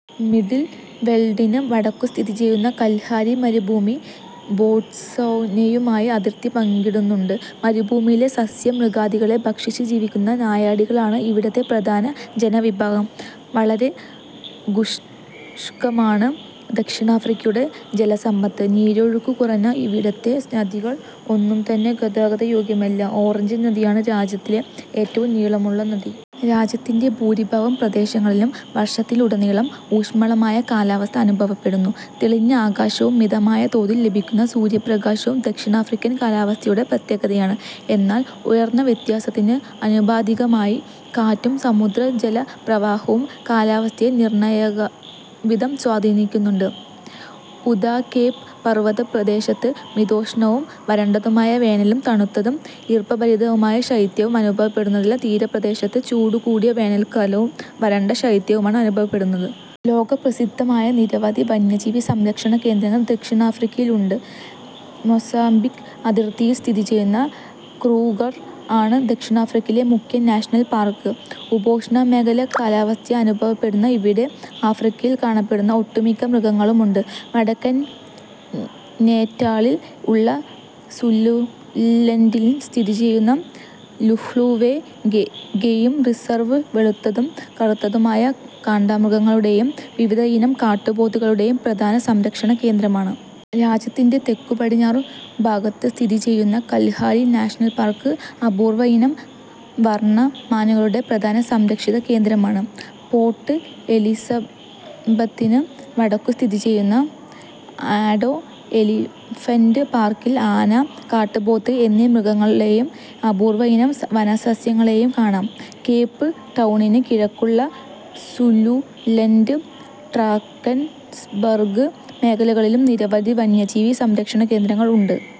Middle വെൽഡിന് വടക്കു സ്ഥിതിചെയ്യുന്ന കൽഹാരി മരുഭൂമി ബോട്സ്വാനയുമായി അതിർത്തി പങ്കിടുന്നുണ്ട്. മരുഭൂമിയിലെ സസ്യ-മൃഗാദികളെ ഭക്ഷിച്ചു ജീവിക്കുന്ന നായാടികളാണ് ഇവിടത്തെ പ്രധാന ജനവിഭാഗം. വളരെ ശുഷ്കമാണ് ദക്ഷിണാഫ്രിക്കയുടെ ജലസമ്പത്ത്. നീരൊഴുക്കു കുറഞ്ഞ ഇവിടത്തെ നദികൾ ഒന്നുംതന്നെ ഗതാഗതയോഗ്യമല്ല. ഓറഞ്ച് നദിയാണ് രാജ്യത്തിലെ ഏറ്റവും നീളമുള്ള നദി. രാജ്യത്തിന്റെ ഭൂരിഭാഗം പ്രദേശങ്ങളിലും വർഷത്തിലുടനീളം ഊഷ്മളമായ കാലാവസ്ഥ അനുഭവപ്പെടുന്നു. തെളിഞ്ഞ ആകാശവും മിതമായ തോതിൽ ലഭിക്കുന്ന സൂര്യപ്രകാശവും ദക്ഷിണാഫ്രിക്കൻ കാലാവസ്ഥയുടെ പ്രത്യേകതയാണ്. എന്നാൽ ഉയർന്നവ്യത്യാസത്തിന് ആനുപാതികമായി കാറ്റും സമുദ്രജലപ്രവാഹവും കാലാവസ്ഥയെ നിർണായകമാംവിധം സ്വാധീനിക്കുന്നുണ്ട്. ഉദാ. കേപ് പർവത പ്രദേശത്ത് മിതോഷ്ണവും വരണ്ടതുമായ വേനലും തണുത്തതും ഈർപ്പഭരിതവുമായ ശൈത്യവും അനുഭവപ്പെടുമ്പോൾ തീരപ്രദേശത്ത് ചൂടു കൂടിയ വേനൽക്കാലവും വരണ്ട ശൈത്യവുമാണ് അനുഭവപ്പെടുന്നത്. ലോകപ്രസിദ്ധമായ നിരവധി വന്യജീവി സംരക്ഷണ കേന്ദ്രങ്ങൾ ദക്ഷിണാഫ്രിക്കയിലുണ്ട്. മൊസാംബിക് അതിർത്തിയിൽ സ്ഥിതിചെയ്യുന്ന ക്രൂഗർ ആണ് ദക്ഷിണാഫ്രിക്കയിലെ മുഖ്യ നാഷണൽ പാർക്ക്. ഉപോഷ്ണ മേഖലാ കാലാവസ്ഥ അനുഭവപ്പെടുന്ന ഇവിടെ ആഫ്രിക്കയിൽ കാണപ്പെടുന്ന ഒട്ടുമിക്ക മൃഗങ്ങളുമുണ്ട്. വടക്കൻ നേറ്റാളിൽ ഉള്ള സുലുലൻഡിൽ സ്ഥിതിചെയ്യുന്ന ലുഹ്ലുവെ ഗെയിം റിസർവ് വെളുത്തതും കറുത്തതുമായ കാണ്ടാമൃഗങ്ങളുടെയും വിവിധയിനം കാട്ടുപോത്തുകളുടെയും പ്രധാന സംരക്ഷണ കേന്ദ്രമാണ്. രാജ്യത്തിന്റെ തെക്കു പടിഞ്ഞാറു ഭാഗത്ത് സ്ഥിതിചെയ്യുന്ന കൽഹാരി നാഷണൽ പാർക്ക് അപൂർവയിനം വർണ മാനുകളുടെ പ്രധാന സംരക്ഷിത കേന്ദ്രമാണ്. പോർട്ട് എലിസബത്തിന് വടക്കു സ്ഥിതിചെയ്യുന്ന അഡോ എലിഫന്റ് പാർക്കിൽ ആന, കാട്ടുപോത്ത് എന്നീ മൃഗങ്ങളെയും അപൂർവയിനം വനസസ്യങ്ങളെയും കാണാം. കേപ് ടൌണിന് കിഴക്കുള്ള സുലുലൻഡ്, ഡ്രാക്കൻസ്ബർഗ് മേഖലകളിലും നിരവധി വന്യജീവി സംരക്ഷണകേന്ദ്രങ്ങൾ ഉണ്ട്.